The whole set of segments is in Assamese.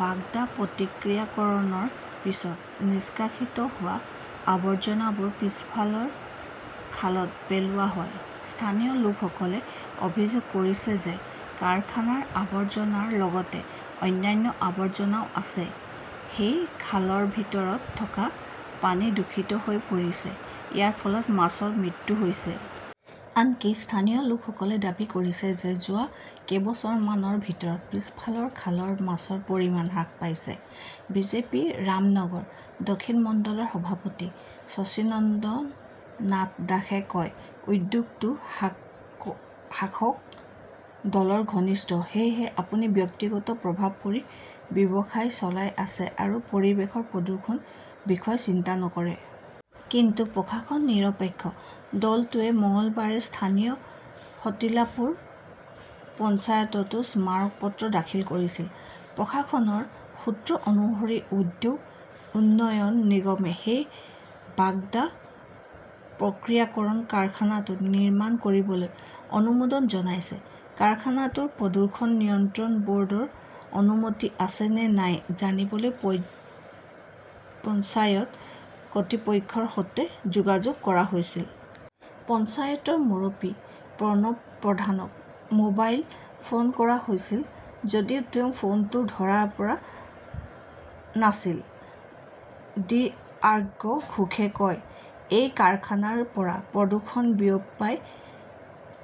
বাগদা প্ৰক্ৰিয়াকৰণৰ পিছত নিষ্কাশিত হোৱা আৱৰ্জনাবোৰ পিছফালৰ খালত পেলোৱা হয়। স্থানীয় লোকসকলে অভিযোগ কৰিছে যে কাৰখানাৰ আৱৰ্জনাৰ লগতে অন্যান্য আৱৰ্জনাও আছে। সেই খালৰ ভিতৰত থকা পানী দূষিত হৈ পৰিছে। ইয়াৰ ফলত মাছৰ মৃত্যু হৈছে। আনকি স্থানীয় লোকসকলে দাবী কৰিছে যে যোৱা কেইবছৰমানৰ ভিতৰত পিছফালৰ খালত মাছৰ পৰিমাণ হ্ৰাস পাইছে। বিজেপিৰ ৰামনগৰ- দক্ষিণ মণ্ডলৰ সভাপতি শশীন্দ্ৰনাথ দাসে কয়, উদ্যোগটো শাসক দলৰ ঘনিষ্ঠ। সেয়েহে আপুনি ব্যক্তিগত প্ৰভাৱ পৰি ব্যৱসায় চলাই আছে আৰু পৰিৱেশৰ প্ৰদূষণৰ বিষয়ে চিন্তা নকৰে। কিন্তু প্ৰশাসন নিৰপেক্ষ। দলটোৱে মঙলবাৰে স্থানীয় সাতিলাপুৰ পঞ্চায়ততো স্মাৰক পত্ৰ দাখিল কৰিছিল। প্ৰশাসনৰ সূত্ৰ অনুসৰি, উদ্যোগ উন্নয়ন নিগমে সেই বাগদা প্ৰক্ৰিয়াকৰণ কাৰখানাটো নিৰ্মাণ কৰিবলৈ অনুমোদন জনাইছে। কাৰখানাটোৰ প্ৰদূষণ নিয়ন্ত্ৰণ বৰ্ডৰ অনুমতি আছে নে নাই জানিবলৈ পঞ্চায়ত কৰ্তৃপক্ষৰ সৈতে যোগাযোগ কৰা হৈছিল। পঞ্চায়তৰ মুৰব্বী প্ৰণৱ প্ৰধানক মোবাইল ফোন কৰা হৈছিল যদিও তেওঁ ফোনটো ধৰা পৰা নাছিল। ডি. অৰ্গ্যা ঘোষে কয়, সেই কাৰখানাৰ পৰা প্ৰদূষণ বিয়পাই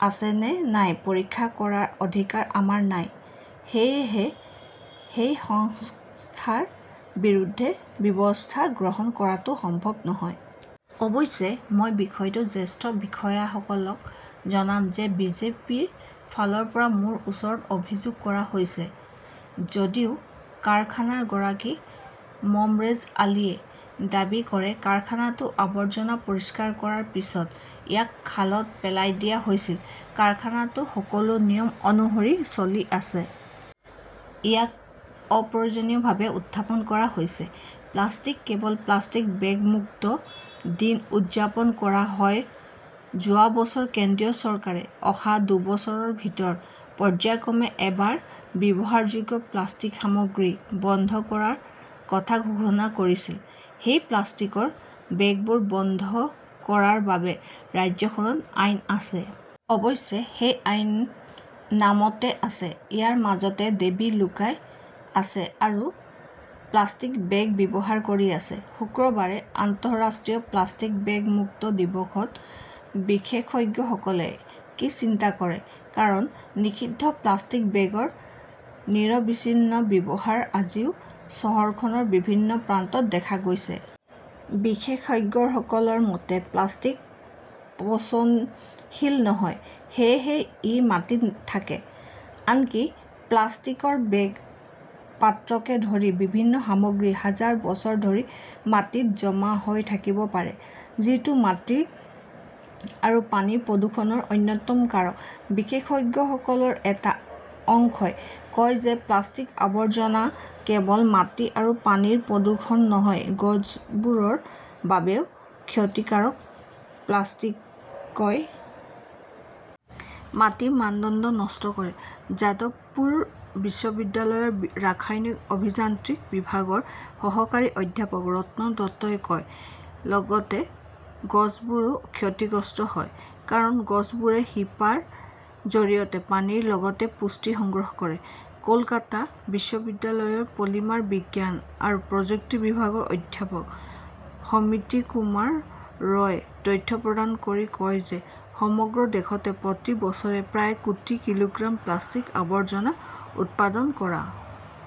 আছে নে নাই পৰীক্ষা কৰাৰ অধিকাৰ আমাৰ নাই। সেয়েহে সেই সংস্থাৰ বিৰুদ্ধে ব্যৱস্থা গ্ৰহণ কৰাটো সম্ভৱ নহয়। অৱশ্যে, মই বিষয়টো জ্যেষ্ঠ বিষয়াসকলক জনাম যে বিজেপিৰ ফালৰ পৰা মোৰ ওচৰত অভিযোগ কৰা হৈছে। যদিও কাৰখানাৰ গৰাকী মমৰেজ আলীয়ে দাবী কৰে, কাৰখানাটোৰ আৱৰ্জনা পৰিষ্কাৰ কৰাৰ পিছত ইয়াক খালত পেলাই দিয়া হৈছিল। কাৰখানাটো সকলো নিয়ম অনুসৰি চলি আছে। ইয়াক অপ্ৰয়োজনীয়ভাৱে উত্থাপন কৰা হৈছে। প্লাষ্টিক কেৱল প্লাষ্টিক বেগ-মুক্ত দিন উদযাপন কৰা হয় যোৱা বছৰ কেন্দ্ৰীয় চৰকাৰে অহা দুবছৰৰ ভিতৰত পৰ্য্যায়ক্ৰমে এবাৰ ব্যৱহাৰযোগ্য প্লাষ্টিক সামগ্ৰী বন্ধ কৰাৰ কথা ঘোষণা কৰিছিল। সেই প্লাষ্টিকৰ বেগবোৰ বন্ধ কৰাৰ বাবেও ৰাজ্যখনত আইন আছে। অৱশ্যে সেই আইন নামতে আছে। ইয়াৰ মাজতে দেৱী লুকাই আছে আৰু নিষিদ্ধ প্লাষ্টিকৰ বেগ ব্যৱহাৰ কৰি আছে। শুক্ৰবাৰে, আন্তঃৰাষ্ট্ৰীয় প্লাষ্টিক বেগ-মুক্ত দিৱস ত বিশেষজ্ঞসকলে কি চিন্তা কৰে। কাৰণ, নিষিদ্ধ প্লাষ্টিক বেগৰ নিৰবিচ্ছিন্ন ব্যৱহাৰ আজিও চহৰখনৰ বিভিন্ন প্ৰান্তত দেখা গৈছে। বিশেষজ্ঞসকলৰ মতে, প্লাষ্টিক পচনশীল নহয়। সেয়েহে ই মাটিত থাকে। আনকি প্লাষ্টিকৰ বেগ, পাত্ৰকে ধৰি বিভিন্ন সামগ্ৰীও হাজাৰ বছৰ ধৰি মাটিত জমা হৈ থাকিব পাৰে। যিটো মাটি আৰু পানীৰ প্ৰদূষণৰ অন্যতম কাৰক। বিশেষজ্ঞসকলৰ এটা অংশই কয় যে প্লাষ্টিকৰ আৱৰ্জনা কেৱল মাটি আৰু পানীৰ প্ৰদূষণ নহয়, গছবোৰৰ বাবেও ক্ষতিকাৰক। প্লাষ্টিকই মাটিৰ মানদণ্ড নষ্ট কৰে, যাদৱপুৰ বিশ্ববিদ্যালয়ৰ ৰাসায়নিক অভিযান্ত্ৰিক বিভাগৰ সহকাৰী অধ্যাপক ৰত্না দত্তই কয়। লগতে গছবোৰো ক্ষতিগ্ৰস্ত হয়। কাৰণ, গছবোৰে শিপাৰ জৰিয়তে পানীৰ লগতে পুষ্টিও সংগ্ৰহ কৰে। কলকাতা বিশ্ববিদ্যালয়ৰ পলিমাৰ বিজ্ঞান আৰু প্ৰযুক্তি বিভাগৰ অধ্যাপক সমিতি কুমাৰ ৰয়ে তথ্য প্ৰদান কৰি কয় যে সমগ্ৰ দেশতে প্ৰতি বছৰে প্ৰায় কোটি কিলোগ্ৰাম প্লাষ্টিক-আৱৰ্জনা উৎপাদন কৰা।